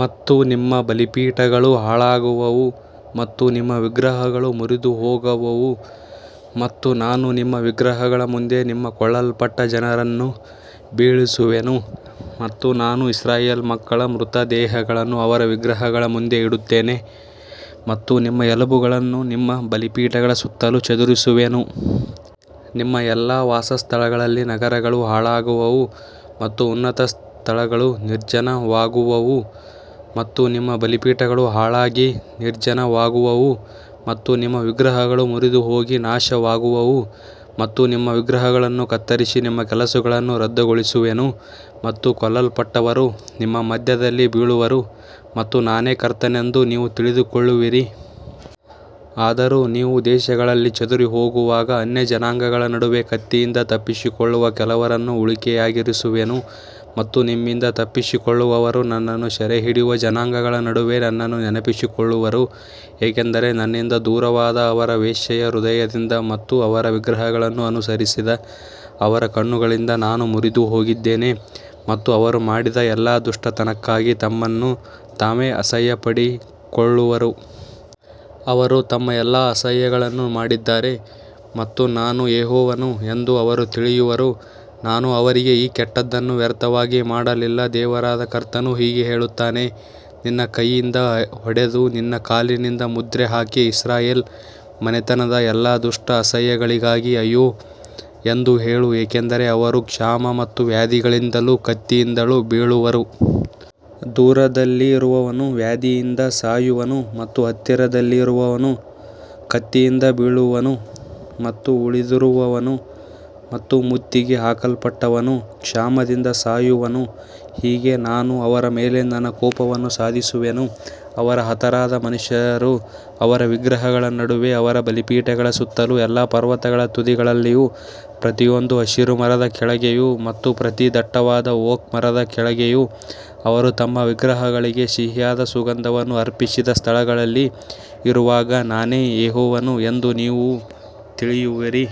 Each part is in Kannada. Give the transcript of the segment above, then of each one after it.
ಮತ್ತು ನಿಮ್ಮ ಬಲಿಪೀಠಗಳು ಹಾಳಾಗುವವು ಮತ್ತು ನಿಮ್ಮ ವಿಗ್ರಹಗಳು ಮುರಿದುಹೋಗುವವು ಮತ್ತು ನಾನು ನಿಮ್ಮ ವಿಗ್ರಹಗಳ ಮುಂದೆ ನಿಮ್ಮ ಕೊಲ್ಲಲ್ಪಟ್ಟ ಜನರನ್ನು ಬೀಳಿಸುವೆನು. ಮತ್ತು ನಾನು ಇಸ್ರಾಯೇಲ್ ಮಕ್ಕಳ ಮೃತ ದೇಹಗಳನ್ನು ಅವರ ವಿಗ್ರಹಗಳ ಮುಂದೆ ಇಡುತ್ತೇನೆ ಮತ್ತು ನಿಮ್ಮ ಎಲುಬುಗಳನ್ನು ನಿಮ್ಮ ಬಲಿಪೀಠಗಳ ಸುತ್ತಲೂ ಚದುರಿಸುವೆನು. ನಿಮ್ಮ ಎಲ್ಲಾ ವಾಸಸ್ಥಳಗಳಲ್ಲಿ ನಗರಗಳು ಹಾಳಾಗುವವು ಮತ್ತು ಉನ್ನತ ಸ್ಥಳಗಳು ನಿರ್ಜನವಾಗುವವು ಮತ್ತು ನಿಮ್ಮ ಬಲಿಪೀಠಗಳು ಹಾಳಾಗಿ ನಿರ್ಜನವಾಗುವವು ಮತ್ತು ನಿಮ್ಮ ವಿಗ್ರಹಗಳು ಮುರಿದುಹೋಗಿ ನಾಶವಾಗುವವು ಮತ್ತು ನಿಮ್ಮ ವಿಗ್ರಹಗಳನ್ನು ಕತ್ತರಿಸಿ ನಿಮ್ಮ ಕೆಲಸಗಳನ್ನು ರದ್ದುಗೊಳಿಸುವೆನು. ಮತ್ತು ಕೊಲ್ಲಲ್ಪಟ್ಟವರು ನಿಮ್ಮ ಮಧ್ಯದಲ್ಲಿ ಬೀಳುವರು ಮತ್ತು ನಾನೇ ಕರ್ತನೆಂದು ನೀವು ತಿಳಿದುಕೊಳ್ಳುವಿರಿ. ಆದರೂ ನೀವು ದೇಶಗಳಲ್ಲಿ ಚದುರಿಹೋಗುವಾಗ ಅನ್ಯಜನಾಂಗಗಳ ನಡುವೆ ಕತ್ತಿಯಿಂದ ತಪ್ಪಿಸಿಕೊಳ್ಳುವ ಕೆಲವರನ್ನು ಉಳಿಕೆಯಾಗಿರಿಸುವೆನು. ಮತ್ತು ನಿಮ್ಮಿಂದ ತಪ್ಪಿಸಿಕೊಳ್ಳುವವರು ನನ್ನನ್ನು ಸೆರೆಹಿಡಿಯುವ ಜನಾಂಗಗಳ ನಡುವೆ ನನ್ನನ್ನು ನೆನಪಿಸಿಕೊಳ್ಳುವರು, ಏಕೆಂದರೆ ನನ್ನಿಂದ ದೂರವಾದ ಅವರ ವೇಶ್ಯೆಯ ಹೃದಯದಿಂದ ಮತ್ತು ಅವರ ವಿಗ್ರಹಗಳನ್ನು ಅನುಸರಿಸಿದ ಅವರ ಕಣ್ಣುಗಳಿಂದ ನಾನು ಮುರಿದುಹೋಗಿದ್ದೇನೆ ಮತ್ತು ಅವರು ಮಾಡಿದ ಎಲ್ಲಾ ದುಷ್ಟತನಕ್ಕಾಗಿ ತಮ್ಮನ್ನು ತಾವೇ ಅಸಹ್ಯಪಡಿಕೊಳ್ಳುವರು. ಅವರು ತಮ್ಮ ಎಲ್ಲಾ ಅಸಹ್ಯಗಳನ್ನು ಮಾಡಿದ್ದಾರೆ ಮತ್ತು ನಾನು ಯೆಹೋವನು ಎಂದು ಅವರು ತಿಳಿಯುವರು, ನಾನು ಅವರಿಗೆ ಈ ಕೆಟ್ಟದ್ದನ್ನು ವ್ಯರ್ಥವಾಗಿ ಮಾಡಲಿಲ್ಲ. ದೇವರಾದ ಕರ್ತನು ಹೀಗೆ ಹೇಳುತ್ತಾನೆ, ನಿನ್ನ ಕೈಯಿಂದ ಹೊಡೆದು ನಿನ್ನ ಕಾಲಿನಿಂದ ಮುದ್ರೆ ಹಾಕಿ, ಇಸ್ರಾಯೇಲ್ ಮನೆತನದ ಎಲ್ಲಾ ದುಷ್ಟ ಅಸಹ್ಯಗಳಿಗಾಗಿ ಅಯ್ಯೋ ಎಂದು ಹೇಳು, ಏಕೆಂದರೆ ಅವರು ಕ್ಷಾಮ ಮತ್ತು ವ್ಯಾಧಿಗಳಿಂದಲೂ ಕತ್ತಿಯಿಂದಲೂ ಬೀಳುವರು. ದೂರದಲ್ಲಿರುವವನು ವ್ಯಾಧಿಯಿಂದ ಸಾಯುವನು ಮತ್ತು ಹತ್ತಿರದಲ್ಲಿರುವವನು ಕತ್ತಿಯಿಂದ ಬೀಳುವನು ಮತ್ತು ಉಳಿದಿರುವವನು ಮತ್ತು ಮುತ್ತಿಗೆ ಹಾಕಲ್ಪಟ್ಟವನು ಕ್ಷಾಮದಿಂದ ಸಾಯುವನು, ಹೀಗೆ ನಾನು ಅವರ ಮೇಲೆ ನನ್ನ ಕೋಪವನ್ನು ಸಾಧಿಸುವೆನು. ಅವರ ಹತರಾದ ಮನುಷ್ಯರು ಅವರ ವಿಗ್ರಹಗಳ ನಡುವೆ, ಅವರ ಬಲಿಪೀಠಗಳ ಸುತ್ತಲೂ, ಎಲ್ಲಾ ಪರ್ವತಗಳ ತುದಿಗಳಲ್ಲಿಯೂ, ಪ್ರತಿಯೊಂದು ಹಸಿರು ಮರದ ಕೆಳಗೆಯೂ ಮತ್ತು ಪ್ರತಿ ದಟ್ಟವಾದ ಓಕ್ ಮರದ ಕೆಳಗೆಯೂ ಅವರು ತಮ್ಮ ವಿಗ್ರಹಗಳಿಗೆ ಸಿಹಿಯಾದ ಸುಗಂಧವನ್ನು ಅರ್ಪಿಸಿದ ಸ್ಥಳಗಳಲ್ಲಿ ಇರುವಾಗ, ನಾನೇ ಯೆಹೋವನು ಎಂದು ನೀವು ತಿಳಿಯುವಿರಿ.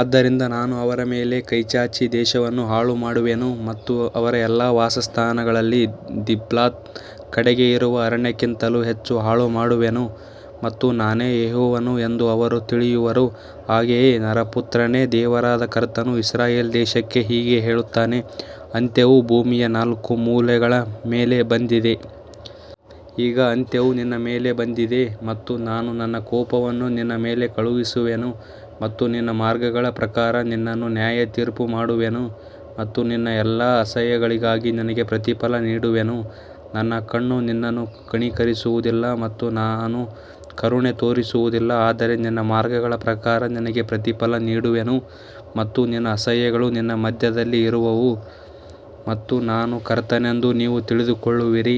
ಆದ್ದರಿಂದ ನಾನು ಅವರ ಮೇಲೆ ಕೈಚಾಚಿ ದೇಶವನ್ನು ಹಾಳುಮಾಡುವೆನು ಮತ್ತು ಅವರ ಎಲ್ಲಾ ವಾಸಸ್ಥಾನಗಳಲ್ಲಿ ದಿಬ್ಲಾತ್ ಕಡೆಗೆ ಇರುವ ಅರಣ್ಯಕ್ಕಿಂತಲೂ ಹೆಚ್ಚು ಹಾಳುಮಾಡುವೆನು ಮತ್ತು ನಾನೇ ಯೆಹೋವನು ಎಂದು ಅವರು ತಿಳಿಯುವರು. ಹಾಗೆಯೇ ನರಪುತ್ರನೇ, ದೇವರಾದ ಕರ್ತನು ಇಸ್ರಾಯೇಲ್ ದೇಶಕ್ಕೆ ಹೀಗೆ ಹೇಳುತ್ತಾನೆ, ಅಂತ್ಯವು ಭೂಮಿಯ ನಾಲ್ಕು ಮೂಲೆಗಳ ಮೇಲೆ ಬಂದಿದೆ. ಈಗ ಅಂತ್ಯವು ನಿನ್ನ ಮೇಲೆ ಬಂದಿದೆ ಮತ್ತು ನಾನು ನನ್ನ ಕೋಪವನ್ನು ನಿನ್ನ ಮೇಲೆ ಕಳುಹಿಸುವೆನು ಮತ್ತು ನಿನ್ನ ಮಾರ್ಗಗಳ ಪ್ರಕಾರ ನಿನ್ನನ್ನು ನ್ಯಾಯತೀರ್ಪು ಮಾಡುವೆನು ಮತ್ತು ನಿನ್ನ ಎಲ್ಲಾ ಅಸಹ್ಯಗಳಿಗಾಗಿ ನಿನಗೆ ಪ್ರತಿಫಲ ನೀಡುವೆನು. ನನ್ನ ಕಣ್ಣು ನಿನ್ನನ್ನು ಕನಿಕರಿಸುವುದಿಲ್ಲ ಮತ್ತು ನಾನು ಕರುಣೆ ತೋರಿಸುವುದಿಲ್ಲ, ಆದರೆ ನಿನ್ನ ಮಾರ್ಗಗಳ ಪ್ರಕಾರ ನಿನಗೆ ಪ್ರತಿಫಲ ನೀಡುವೆನು ಮತ್ತು ನಿನ್ನ ಅಸಹ್ಯಗಳು ನಿನ್ನ ಮಧ್ಯದಲ್ಲಿ ಇರುವವು ಮತ್ತು ನಾನು ಕರ್ತನೆಂದು ನೀವು ತಿಳಿದುಕೊಳ್ಳುವಿರಿ.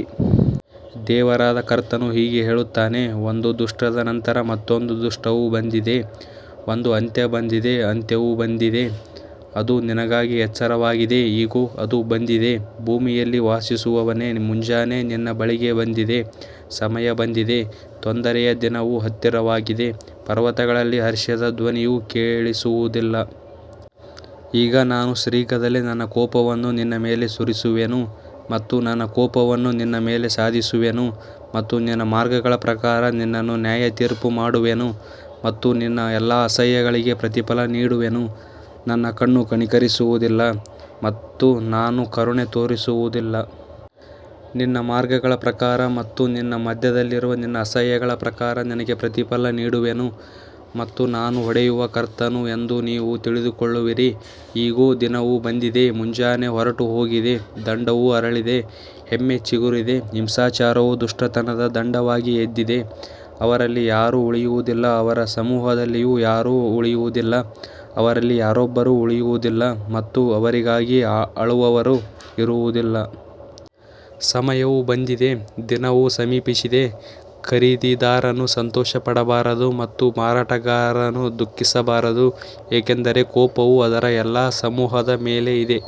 ದೇವರಾದ ಕರ್ತನು ಹೀಗೆ ಹೇಳುತ್ತಾನೆ, ಒಂದು ದುಷ್ಟದ ನಂತರ ಮತ್ತೊಂದು ದುಷ್ಟವು ಬಂದಿದೆ, ಒಂದು ಅಂತ್ಯ ಬಂದಿದೆ, ಅಂತ್ಯವು ಬಂದಿದೆ, ಅದು ನಿನಗಾಗಿ ಎಚ್ಚರವಾಗಿದೆ, ಇಗೋ, ಅದು ಬಂದಿದೆ. ಭೂಮಿಯಲ್ಲಿ ವಾಸಿಸುವವನೇ, ಮುಂಜಾನೆ ನಿನ್ನ ಬಳಿಗೆ ಬಂದಿದೆ, ಸಮಯ ಬಂದಿದೆ, ತೊಂದರೆಯ ದಿನವು ಹತ್ತಿರವಾಗಿದೆ, ಪರ್ವತಗಳಲ್ಲಿ ಹರ್ಷದ ಧ್ವನಿಯು ಕೇಳಿಸುವುದಿಲ್ಲ. ಈಗ ನಾನು ಶೀಘ್ರದಲ್ಲೇ ನನ್ನ ಕೋಪವನ್ನು ನಿನ್ನ ಮೇಲೆ ಸುರಿಸುವೆನು ಮತ್ತು ನನ್ನ ಕೋಪವನ್ನು ನಿನ್ನ ಮೇಲೆ ಸಾಧಿಸುವೆನು ಮತ್ತು ನಿನ್ನ ಮಾರ್ಗಗಳ ಪ್ರಕಾರ ನಿನ್ನನ್ನು ನ್ಯಾಯತೀರ್ಪು ಮಾಡುವೆನು ಮತ್ತು ನಿನ್ನ ಎಲ್ಲಾ ಅಸಹ್ಯಗಳಿಗೆ ಪ್ರತಿಫಲ ನೀಡುವೆನು. ನನ್ನ ಕಣ್ಣು ಕನಿಕರಿಸುವುದಿಲ್ಲ ಮತ್ತು ನಾನು ಕರುಣೆ ತೋರಿಸುವುದಿಲ್ಲ. ನಿನ್ನ ಮಾರ್ಗಗಳ ಪ್ರಕಾರ ಮತ್ತು ನಿನ್ನ ಮಧ್ಯದಲ್ಲಿರುವ ನಿನ್ನ ಅಸಹ್ಯಗಳ ಪ್ರಕಾರ ನಿನಗೆ ಪ್ರತಿಫಲ ನೀಡುವೆನು ಮತ್ತು ನಾನು ಹೊಡೆಯುವ ಕರ್ತನು ಎಂದು ನೀವು ತಿಳಿದುಕೊಳ್ಳುವಿರಿ. ಇಗೋ, ದಿನವು ಬಂದಿದೆ, ಮುಂಜಾನೆ ಹೊರಟುಹೋಗಿದೆ, ದಂಡವು ಅರಳಿದೆ, ಹೆಮ್ಮೆ ಚಿಗುರಿದೆ. ಹಿಂಸಾಚಾರವು ದುಷ್ಟತನದ ದಂಡವಾಗಿ ಎದ್ದಿದೆ. ಅವರಲ್ಲಿ ಯಾರೂ ಉಳಿಯುವುದಿಲ್ಲ, ಅವರ ಸಮೂಹದಲ್ಲಿಯೂ ಯಾರೂ ಉಳಿಯುವುದಿಲ್ಲ, ಅವರಲ್ಲಿ ಯಾರೊಬ್ಬರೂ ಉಳಿಯುವುದಿಲ್ಲ ಮತ್ತು ಅವರಿಗಾಗಿ ಅಳುವವರೂ ಇರುವುದಿಲ್ಲ. ಸಮಯವು ಬಂದಿದೆ, ದಿನವು ಸಮೀಪಿಸಿದೆ, ಖರೀದಿದಾರನು ಸಂತೋಷಪಡಬಾರದು ಮತ್ತು ಮಾರಾಟಗಾರನು ದುಃಖಿಸಬಾರದು, ಏಕೆಂದರೆ ಕೋಪವು ಅದರ ಎಲ್ಲಾ ಸಮೂಹದ ಮೇಲೆ ಇದೆ.